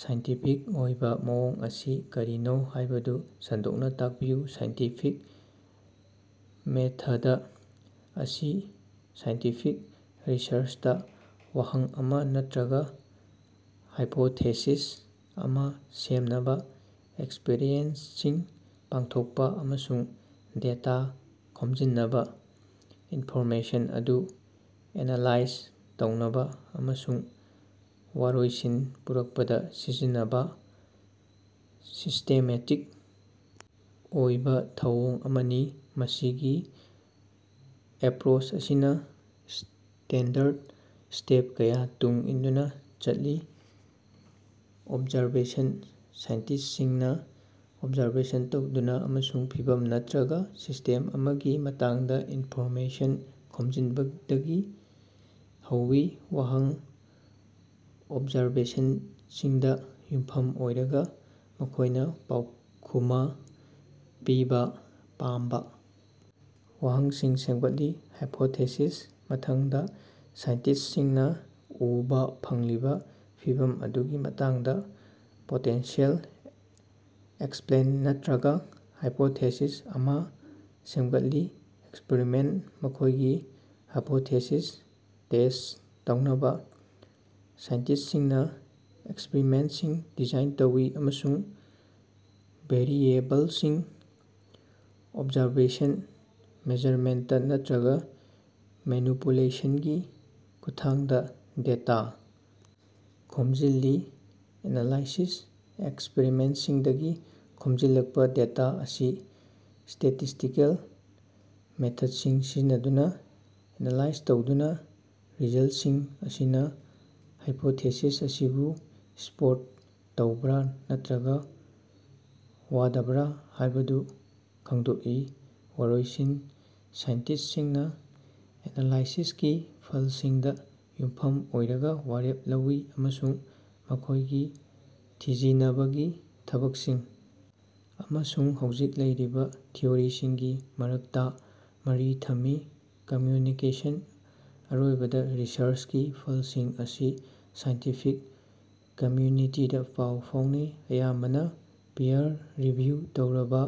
Scientific ꯑꯣꯏꯕꯥ ꯃꯑꯣꯡ ꯑꯁꯤ ꯀꯔꯤꯅꯣ ꯍꯥꯏꯕꯗꯨ ꯁꯟꯗꯣꯛꯅꯥ ꯇꯥꯛꯄꯤꯌꯨ꯫ ꯁꯥꯏꯟꯇꯤꯐꯤꯛ ꯃꯦꯊꯗ ꯑꯁꯤ ꯁꯥꯏꯟꯇꯤꯐꯤꯛ ꯔꯤꯁꯔꯆꯇꯥ ꯋꯥꯍꯪ ꯑꯃꯥ ꯅꯠꯇ꯭ꯔꯒꯥ ꯍꯥꯏꯄꯣꯊꯦꯁꯤꯁ ꯑꯃꯥ ꯁꯦꯝꯅꯕꯥ ꯑꯦꯛꯁꯄꯔꯤꯃꯦꯟꯠꯁꯤꯡ ꯄꯥꯡꯊꯣꯛꯄꯥ ꯑꯃꯁꯨꯡ ꯗꯦꯇꯥ ꯈꯣꯝꯖꯤꯟꯅꯕꯥ ꯏꯟꯐꯣꯔꯃꯦꯁꯟ ꯑꯗꯨ ꯑꯦꯅꯥꯂꯥꯏꯖ ꯇꯧꯅꯕꯥ ꯑꯃꯁꯨꯡ ꯋꯥꯔꯣꯏꯁꯤꯟ ꯄꯨꯔꯛꯄꯗꯥ ꯁꯤꯖꯤꯟꯅꯕꯥ ꯁꯤꯁ꯭ꯇꯦꯃꯦꯇꯤꯛ ꯑꯣꯏꯕꯥ ꯊꯧꯑꯣꯡ ꯑꯃꯅꯤ꯫ ꯃꯁꯤꯒꯤ ꯑꯦꯄ꯭ꯔꯣꯆ ꯑꯁꯤꯅꯥ ꯁ꯭ꯇꯦꯟꯗꯔꯗ ꯁ꯭ꯇꯦꯞ ꯀꯌꯥ ꯇꯨꯡ ꯏꯟꯗꯨꯅꯥ ꯆꯠꯂꯤ ꯑꯣꯕꯖꯥꯔꯕꯦꯁꯟ ꯁꯥꯏꯟꯇꯤꯁ꯭ꯠꯁꯤꯡꯅꯥ ꯑꯣꯕꯖꯥꯔꯕꯦꯁꯟ ꯇꯧꯗꯨꯅꯥ ꯑꯃꯁꯨꯡ ꯐꯤꯚꯝ ꯅꯠꯇ꯭ꯔꯒꯥ ꯁꯤꯁ꯭ꯇꯦꯝ ꯑꯃꯒꯤ ꯃꯇꯥꯡꯗꯥ ꯏꯟꯐꯣꯔꯃꯦꯁꯟ ꯈꯣꯝꯖꯤꯟꯕꯗꯒꯤ ꯍꯧꯏ꯫ ꯋꯥꯍꯪ ꯑꯣꯕꯖꯥꯔꯕꯦꯁꯟꯁꯤꯡꯗꯥ ꯌꯨꯝꯐꯝ ꯑꯣꯏꯔꯒꯥ ꯃꯈꯣꯏꯅꯥ ꯄꯥꯎꯈꯨꯃ ꯄꯤꯕꯥ ꯄꯥꯝꯕꯥ ꯋꯥꯍꯪꯁꯤꯡ ꯁꯦꯝꯒꯠꯂꯤ꯫ ꯍꯥꯏꯄꯣꯊꯦꯁꯤꯁ ꯃꯊꯪꯗꯥ ꯁꯥꯏꯟꯇꯤꯁ꯭ꯠꯁꯤꯡꯅꯥ ꯎꯕꯥ ꯐꯪꯂꯤꯕꯥ ꯐꯤꯚꯝ ꯑꯗꯨꯒꯤ ꯃꯇꯥꯡꯗꯥ ꯄꯣꯇꯦꯟꯁꯤꯌꯦꯜ ꯑꯦꯛꯁꯄ꯭ꯂꯦꯟ ꯅꯠꯇ꯭ꯔꯒꯥ ꯍꯥꯏꯄꯣꯊꯦꯁꯤꯁ ꯑꯃꯥ ꯁꯦꯝꯒꯠꯂꯤ꯫ ꯑꯦꯛꯁꯄꯔꯤꯃꯦꯟꯠ ꯃꯈꯣꯏꯒꯤ ꯍꯥꯏꯄꯣꯊꯦꯁꯤꯁ ꯇꯦꯁ꯭ꯠ ꯇꯧꯅꯕꯥ ꯁꯥꯏꯟꯇꯤꯁ꯭ꯠꯁꯤꯡꯅꯥ ꯑꯦꯛꯁꯄꯔꯤꯃꯦꯟꯠꯁꯤꯡ ꯗꯤꯖꯥꯏꯟ ꯇꯧꯏ ꯑꯃꯁꯨꯡ ꯚꯦꯔꯤꯑꯦꯕꯜꯁꯤꯡ ꯑꯣꯕꯖꯥꯔꯕꯦꯁꯟ ꯃꯦꯖꯔꯃꯦꯟꯇ ꯅꯠꯇ꯭ꯔꯒꯥ ꯃꯦꯅꯤꯄꯨꯂꯦꯁꯟꯒꯤ ꯈꯨꯠꯊꯥꯡꯗꯥ ꯗꯦꯇꯥ ꯈꯣꯝꯖꯤꯜꯂꯤ꯫ ꯑꯦꯅꯥꯂꯥꯏꯁꯤꯁ ꯑꯦꯛꯁꯄꯔꯤꯃꯦꯟꯠꯁꯤꯡꯗꯒꯤ ꯈꯣꯝꯖꯤꯜꯂꯛꯄꯥ ꯗꯦꯇꯥ ꯑꯁꯤ ꯁ꯭ꯇꯦꯇꯤꯁ꯭ꯇꯤꯀꯦꯜ ꯃꯦꯊꯗꯁꯤꯡ ꯁꯤꯖꯤꯟꯅꯗꯨꯅꯥ ꯑꯦꯅꯥꯂꯥꯏꯖ ꯇꯧꯗꯨꯅꯥ ꯔꯤꯖꯜꯠꯁꯤꯡ ꯑꯁꯤꯅꯥ ꯍꯥꯏꯄꯣꯊꯦꯁꯤꯁ ꯑꯁꯤꯕꯨ ꯁꯄꯣꯔꯠ ꯇꯧꯕꯔꯥ ꯅꯠꯇ꯭ꯔꯒꯥ ꯌꯥꯗꯕꯔꯥ ꯍꯥꯏꯕꯗꯨ ꯈꯪꯗꯣꯛꯏ꯫ ꯋꯥꯔꯣꯏꯁꯤꯟ ꯁꯥꯏꯟꯇꯤꯁ꯭ꯠꯁꯤꯡꯅꯥ ꯑꯦꯅꯥꯂꯥꯏꯁꯤꯁꯀꯤ ꯐꯜꯁꯤꯡꯗꯥ ꯌꯨꯝꯐꯝ ꯑꯣꯏꯔꯒꯥ ꯋꯥꯔꯦꯞ ꯂꯧꯏ ꯑꯃꯁꯨꯡ ꯃꯈꯣꯏꯒꯤ ꯊꯤꯖꯤꯅꯕꯒꯤ ꯊꯕꯛꯁꯤꯡ ꯑꯃꯁꯨꯡ ꯍꯧꯖꯤꯛ ꯂꯩꯔꯤꯕꯥ ꯊꯤꯑꯣꯔꯤꯁꯤꯡꯒꯤ ꯃꯔꯛꯇꯥ ꯃꯔꯤ ꯊꯝꯃꯤ꯫ ꯀꯝꯃ꯭ꯌꯨꯅꯤꯀꯦꯁꯟ ꯑꯔꯣꯏꯕꯗꯥ ꯔꯤꯁꯔꯆꯀꯤ ꯐꯜꯁꯤꯡ ꯑꯁꯤ ꯁꯥꯏꯟꯇꯤꯐꯤꯛ ꯀꯝꯃ꯭ꯌꯨꯅꯤꯇꯤꯗꯥ ꯄꯥꯎ ꯐꯥꯎꯅꯩ ꯑꯌꯥꯝꯕꯅꯥ ꯄꯤꯌꯔ ꯔꯤꯚꯤꯌꯨ ꯇꯧꯔꯕꯥ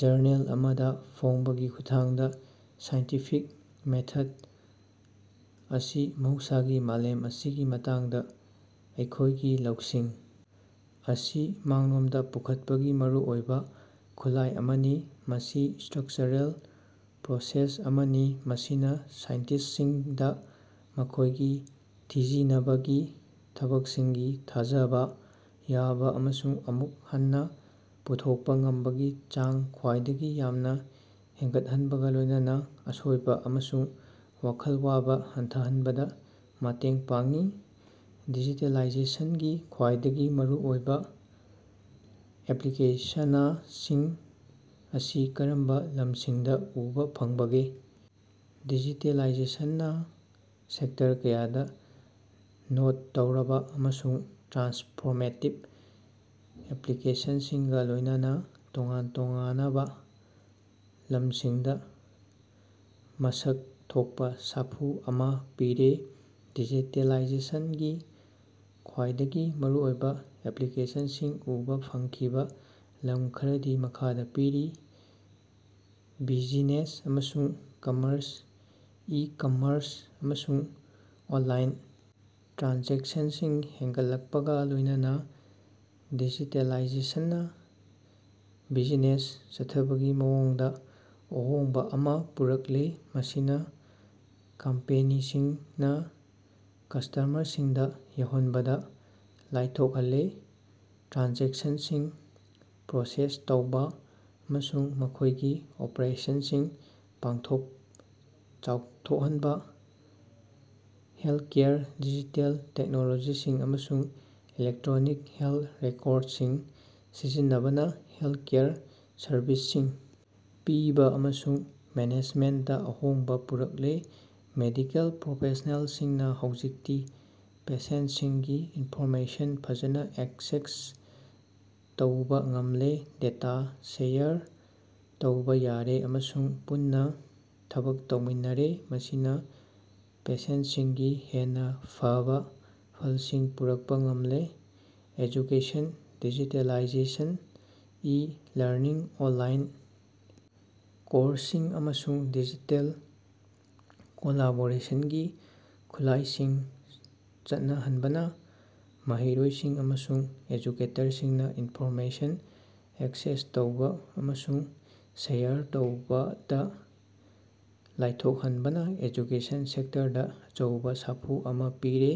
ꯖꯔꯅꯦꯜ ꯑꯃꯗꯥ ꯐꯣꯡꯕꯒꯤ ꯈꯨꯠꯊꯥꯡꯗꯥ꯫ ꯁꯥꯏꯟꯇꯤꯐꯤꯛ ꯃꯦꯊꯗ ꯑꯁꯤ ꯃꯍꯧꯁꯥꯒꯤ ꯃꯥꯂꯦꯝ ꯑꯁꯤꯒꯤ ꯃꯇꯥꯡꯗꯥ ꯑꯩꯈꯣꯏꯒꯤ ꯂꯧꯁꯤꯡ ꯑꯁꯤ ꯃꯥꯡꯂꯣꯝꯗꯥ ꯄꯨꯈꯠꯄꯒꯤ ꯃꯔꯨꯑꯣꯏꯕꯥ ꯈꯨꯠꯂꯥꯏ ꯑꯃꯅꯤ꯫ ꯃꯁꯤ ꯁ꯭ꯇꯔꯛꯆꯔꯦꯜ ꯄ꯭ꯔꯣꯁꯦꯁ ꯑꯃꯅꯤ ꯃꯁꯤꯅꯥ ꯁꯥꯏꯟꯇꯤꯁ꯭ꯠꯁꯤꯡꯗꯥ ꯃꯈꯣꯏꯒꯤ ꯊꯤꯖꯤꯅꯕꯒꯤ ꯊꯕꯛꯁꯤꯡꯒꯤ ꯊꯥꯖꯕꯥ ꯌꯥꯕꯥ ꯑꯃꯁꯨꯡ ꯑꯃꯨꯛ ꯍꯟꯅꯥ ꯄꯨꯊꯣꯛꯄꯥ ꯉꯝꯕꯒꯤ ꯆꯥꯡ ꯈ꯭ꯋꯥꯏꯗꯒꯤ ꯌꯥꯝꯅꯥ ꯍꯦꯟꯒꯠꯍꯟꯕꯒꯥ ꯂꯣꯏꯅꯅꯥ ꯑꯁꯣꯏꯕꯥ ꯑꯃꯁꯨꯡ ꯋꯥꯈꯜ ꯋꯥꯕꯥ ꯍꯟꯊꯍꯟꯕꯗꯥ ꯃꯇꯦꯡ ꯄꯥꯡꯏ꯫ ꯗꯤꯖꯤꯇꯦꯂꯥꯏꯖꯦꯁꯟꯒꯤ ꯈ꯭ꯋꯥꯏꯗꯒꯤ ꯃꯔꯨꯑꯣꯏꯕꯥ ꯑꯦꯄ꯭ꯂꯤꯀꯦꯁꯅꯁꯤꯡ ꯑꯁꯤ ꯀꯔꯝꯕꯥ ꯂꯝꯁꯤꯡꯗꯥ ꯎꯕꯥ ꯐꯪꯕꯒꯦ? ꯗꯤꯖꯤꯇꯦꯂꯥꯏꯖꯦꯁꯟꯅꯥ ꯁꯦꯛꯇꯔ ꯀꯌꯥꯗꯥ ꯅꯣꯠ ꯇꯧꯔꯕꯥ ꯑꯃꯁꯨꯡ ꯇ꯭ꯔꯥꯟꯁꯐꯣꯔꯃꯦꯇꯤꯕ ꯑꯦꯞꯂꯤꯀꯦꯁꯟꯁꯤꯡꯒꯥ ꯂꯣꯏꯅꯅꯥ ꯇꯣꯉꯥꯟ ꯇꯣꯉꯥꯅꯕꯥ ꯂꯝꯁꯤꯡꯗꯥ ꯃꯁꯛ ꯊꯣꯛꯄꯥ ꯁꯥꯐꯨ ꯑꯃꯥ ꯄꯤꯔꯦ꯫ ꯗꯤꯖꯤꯇꯦꯂꯥꯏꯖꯦꯁꯟꯒꯤ ꯈ꯭ꯋꯥꯏꯗꯒꯤ ꯃꯔꯨꯑꯣꯏꯕꯥ ꯑꯦꯄ꯭ꯂꯤꯀꯦꯁꯟꯁꯤꯡ ꯎꯕꯥ ꯐꯪꯈꯤꯕꯥ ꯂꯝ ꯈꯔꯗꯤ ꯃꯈꯥꯗꯥ ꯄꯤꯔꯤ ꯕꯤꯖꯤꯅꯦꯁ ꯑꯃꯁꯨꯡ ꯀꯝꯃꯔꯁ ꯏ-ꯀꯝꯃꯔꯁ ꯑꯃꯁꯨꯡ ꯑꯣꯟꯂꯥꯏꯟ ꯇ꯭ꯔꯥꯟꯖꯦꯛꯁꯟꯁꯤꯡ ꯍꯦꯟꯒꯠꯂꯛꯄꯒꯥ ꯂꯣꯏꯅꯅꯥ ꯗꯤꯖꯤꯇꯦꯂꯥꯏꯖꯦꯁꯟꯅꯥ ꯕꯤꯖꯤꯅꯦꯁ ꯆꯠꯊꯕꯒꯤ ꯃꯑꯣꯡꯗꯥ ꯑꯍꯣꯡꯕꯥ ꯑꯃꯥ ꯄꯨꯔꯛꯂꯦ ꯃꯁꯤꯅꯥ ꯀꯝꯄꯦꯅꯤꯁꯤꯡꯅꯥ ꯀꯁꯇꯃꯔꯁꯤꯡꯗꯥ ꯌꯧꯍꯟꯕꯗꯥ ꯂꯥꯏꯊꯣꯛꯍꯜꯂꯦ ꯇ꯭ꯔꯥꯟꯖꯦꯛꯁꯟꯁꯤꯡ ꯄ꯭ꯔꯣꯁꯦꯁ ꯇꯧꯕꯥ ꯑꯃꯁꯨꯡ ꯃꯈꯣꯏꯒꯤ ꯑꯣꯄꯔꯦꯁꯟꯁꯤꯡ ꯄꯥꯛꯊꯣꯛ ꯆꯥꯎꯊꯣꯛꯍꯟꯕꯥ꯫ ꯍꯦꯜꯊꯀꯦꯌꯔ ꯗꯤꯖꯤꯇꯦꯜ ꯇꯦꯛꯅꯣꯂꯣꯖꯤꯁꯤꯡ ꯑꯃꯁꯨꯡ ꯏꯂꯦꯛꯇ꯭ꯔꯣꯅꯤꯛ ꯍꯦꯜꯊ ꯔꯦꯀꯣꯔꯗꯁꯤꯡ ꯁꯤꯖꯤꯟꯅꯕꯅꯥ ꯍꯦꯜꯊꯀꯦꯌꯔ ꯁꯔꯕꯤꯁꯁꯤꯡ ꯄꯤꯕꯥ ꯑꯃꯁꯨꯡ ꯃꯦꯅꯦꯖꯃꯦꯟꯠꯗꯥ ꯑꯍꯣꯡꯕꯥ ꯄꯨꯔꯛꯂꯦ꯫ ꯃꯦꯗꯤꯀꯦꯜ ꯄ꯭ꯔꯣꯐꯦꯁ꯭ꯅꯦꯜꯁꯤꯡꯅꯥ ꯍꯧꯖꯤꯛꯇꯤ ꯄꯦꯁꯦꯟꯠꯁꯤꯡꯒꯤ ꯏꯟꯐꯣꯔꯃꯦꯁꯟ ꯐꯖꯅꯥ ꯑꯦꯛꯁꯦꯁ ꯇꯧꯕꯥ ꯉꯝꯂꯦ ꯗꯦꯇꯥ ꯁꯦꯌꯔ ꯇꯧꯕꯥ ꯌꯥꯔꯦ ꯑꯃꯁꯨꯡ ꯄꯨꯟꯅꯥ ꯊꯕꯛ ꯇꯧꯃꯤꯟꯅꯔꯦ ꯃꯁꯤꯅꯥ ꯄꯦꯁꯦꯟꯠꯁꯤꯡꯒꯤ ꯍꯦꯟꯅꯥ ꯐꯕꯥ ꯐꯜꯁꯤꯡ ꯄꯨꯔꯛꯄꯥ ꯉꯝꯂꯦ꯫ ꯑꯦꯖꯨꯀꯦꯁꯟ ꯗꯤꯖꯤꯇꯦꯂꯥꯏꯖꯦꯁꯟꯅꯥ ꯏ-ꯂꯔꯅꯤꯡ ꯑꯣꯟꯂꯥꯏꯟ ꯀꯣꯔꯁꯁꯤꯡ ꯑꯃꯁꯨꯡ ꯗꯤꯖꯤꯇꯦꯜ ꯀꯣꯂꯥꯕꯣꯔꯦꯁꯟꯒꯤ ꯈꯨꯠꯂꯥꯏꯁꯤꯡ ꯆꯠꯅꯍꯟꯕꯅꯥ ꯃꯍꯩꯔꯣꯏꯁꯤꯡ ꯑꯃꯁꯨꯡ ꯑꯦꯖꯨꯀꯦꯇꯔꯁꯤꯡꯅꯥ ꯏꯟꯐꯣꯔꯃꯦꯁꯟ ꯑꯦꯛꯁꯦꯁ ꯇꯧꯕꯥ ꯑꯃꯁꯨꯡ ꯁꯦꯌꯔ ꯇꯧꯕꯗꯥ ꯂꯥꯏꯊꯣꯛꯍꯟꯕꯅꯥ ꯑꯦꯖꯨꯀꯦꯁꯟ ꯁꯦꯛꯇꯔꯗꯥ ꯑꯆꯧꯕꯥ ꯁꯥꯐꯨ ꯑꯃꯥ ꯄꯤꯔꯦ꯫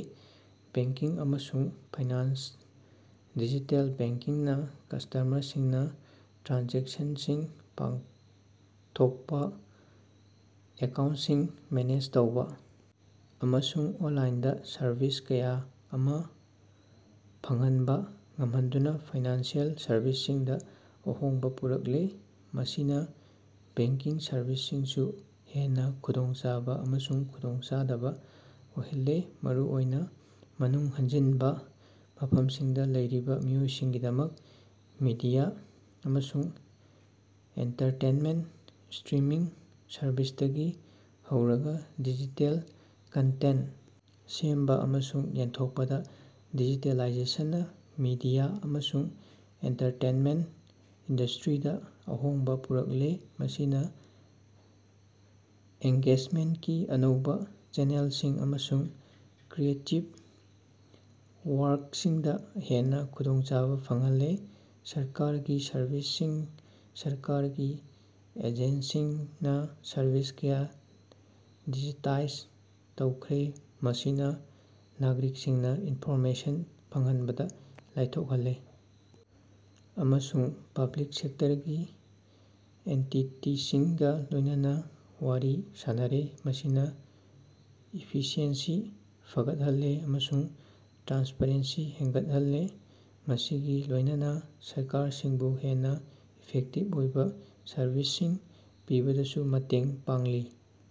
ꯕꯦꯡꯀꯤꯡ ꯑꯃꯁꯨꯡ ꯐꯥꯏꯅꯥꯟꯁ ꯗꯤꯖꯤꯇꯦꯜ ꯕꯦꯡꯀꯤꯡꯅꯥ ꯀꯁꯇꯃꯔꯁꯤꯡꯅꯥ ꯇ꯭ꯔꯥꯟꯖꯦꯛꯁꯟꯁꯤꯡ ꯄꯥꯡꯊꯣꯛꯄꯥ ꯑꯦꯀꯥꯎꯟꯠꯁꯤꯡ ꯃꯦꯅꯦꯖ ꯇꯧꯕꯥ ꯑꯃꯁꯨꯡ ꯑꯣꯟꯂꯥꯏꯟꯗꯥ ꯁꯔꯚꯤꯁ ꯀꯌꯥ ꯑꯃꯥ ꯐꯪꯍꯟꯕꯥ ꯉꯝꯍꯟꯗꯨꯅꯥ ꯐꯥꯏꯅꯥꯟꯁꯤꯑꯦꯜ ꯁꯔꯕꯤꯁꯁꯤꯡꯗꯥ ꯑꯍꯣꯡꯕꯥ ꯄꯨꯔꯛꯂꯦ꯫ ꯃꯁꯤꯅꯥ ꯕꯦꯡꯀꯤꯡ ꯁꯔꯕꯤꯁꯁꯤꯡꯁꯨ ꯍꯦꯟꯅꯥ ꯈꯨꯗꯣꯡꯆꯥꯕꯥ ꯑꯃꯁꯨꯡ ꯈꯨꯗꯣꯡꯆꯥꯗꯕꯥ ꯑꯣꯏꯍꯜꯂꯦ ꯃꯔꯨꯑꯣꯏꯅꯥ ꯃꯅꯨꯡ ꯍꯟꯖꯤꯟꯕꯥ ꯃꯐꯝꯁꯤꯡꯗꯥ ꯂꯩꯔꯤꯕꯥ ꯃꯤꯑꯣꯏꯁꯤꯡꯒꯤꯗꯃꯛ꯫ ꯃꯤꯗꯤꯌꯥ ꯑꯃꯁꯨꯡ ꯑꯦꯟꯇꯔꯇꯦꯟꯃꯦꯟꯠ: ꯁ꯭ꯇꯔꯤꯃꯤꯡ ꯁꯔꯕꯤꯁꯇꯒꯤ ꯍꯧꯔꯒꯥ ꯗꯤꯖꯤꯇꯦꯜ ꯀꯟꯇꯦꯟꯠ ꯁꯦꯝꯕꯥ ꯑꯃꯁꯨꯡ ꯌꯦꯟꯊꯣꯛꯄꯗꯥ ꯗꯤꯖꯤꯇꯦꯂꯥꯏꯖꯦꯁꯟꯅꯥ ꯃꯤꯗꯤꯌꯥ ꯑꯃꯁꯨꯡ ꯑꯦꯟꯇꯔꯇꯦꯅꯃꯦꯟꯠ ꯏꯟꯗꯁꯇ꯭ꯔꯤꯗꯥ ꯑꯍꯣꯡꯕꯥ ꯄꯨꯔꯛꯂꯦ ꯃꯁꯤꯅꯥ ꯑꯦꯡꯒꯦꯖꯃꯦꯟꯠꯀꯤ ꯑꯅꯧꯕꯥ ꯆꯦꯅꯦꯜꯁꯤꯡ ꯑꯃꯁꯨꯡ ꯀ꯭ꯔꯤꯌꯦꯇꯤꯕ ꯋꯥꯔꯛꯁꯤꯡꯗꯥ ꯍꯦꯟꯅꯥ ꯈꯨꯗꯣꯡꯆꯥꯕꯥ ꯐꯪꯍꯜꯂꯦ꯫ ꯁꯔꯀꯥꯔꯒꯤ ꯁꯔꯚꯤꯁꯁꯤꯡ: ꯁꯔꯀꯥꯔꯒꯤ ꯑꯦꯖꯦꯟꯁꯤꯁꯤꯡꯅꯥ ꯁꯔꯚꯤꯁ ꯀꯌꯥ ꯗꯤꯖꯤꯇꯥꯏꯖ ꯇꯧꯈ꯭ꯔꯦ ꯃꯁꯤꯅꯥ ꯅꯥꯒꯔꯤꯛꯁꯤꯡꯅꯥ ꯏꯟꯐꯣꯔꯃꯦꯁꯟ ꯐꯪꯍꯟꯕꯗꯥ ꯂꯥꯏꯊꯣꯛꯍꯜꯂꯦ ꯑꯃꯁꯨꯡ ꯄꯕ꯭ꯂꯤꯛ ꯁꯦꯛꯇꯔꯒꯤ ꯑꯦꯟꯇꯤꯇꯤꯁꯤꯡꯒꯥ ꯂꯣꯏꯅꯅꯥ ꯋꯥꯔꯤ ꯁꯥꯅꯔꯦ꯫ ꯃꯁꯤꯅꯥ ꯏꯐꯤꯁꯤꯑꯦꯟꯁꯤ ꯐꯒꯠꯍꯜꯂꯦ ꯑꯃꯁꯨꯡ ꯇ꯭ꯔꯥꯟꯁꯄꯔꯦꯟꯁꯤ ꯍꯦꯟꯒꯠꯍꯜꯂꯦ ꯃꯁꯤꯒꯥ ꯂꯣꯏꯅꯅꯥ ꯁꯔꯀꯥꯔꯁꯤꯡꯕꯨ ꯍꯦꯟꯅꯥ ꯏꯐꯦꯛꯇꯤꯕ ꯑꯣꯏꯅꯥ ꯁꯔꯕꯤꯁꯁꯤꯡ ꯄꯤꯕꯗꯁꯨ ꯃꯇꯦꯡ ꯄꯥꯡꯂꯤ꯫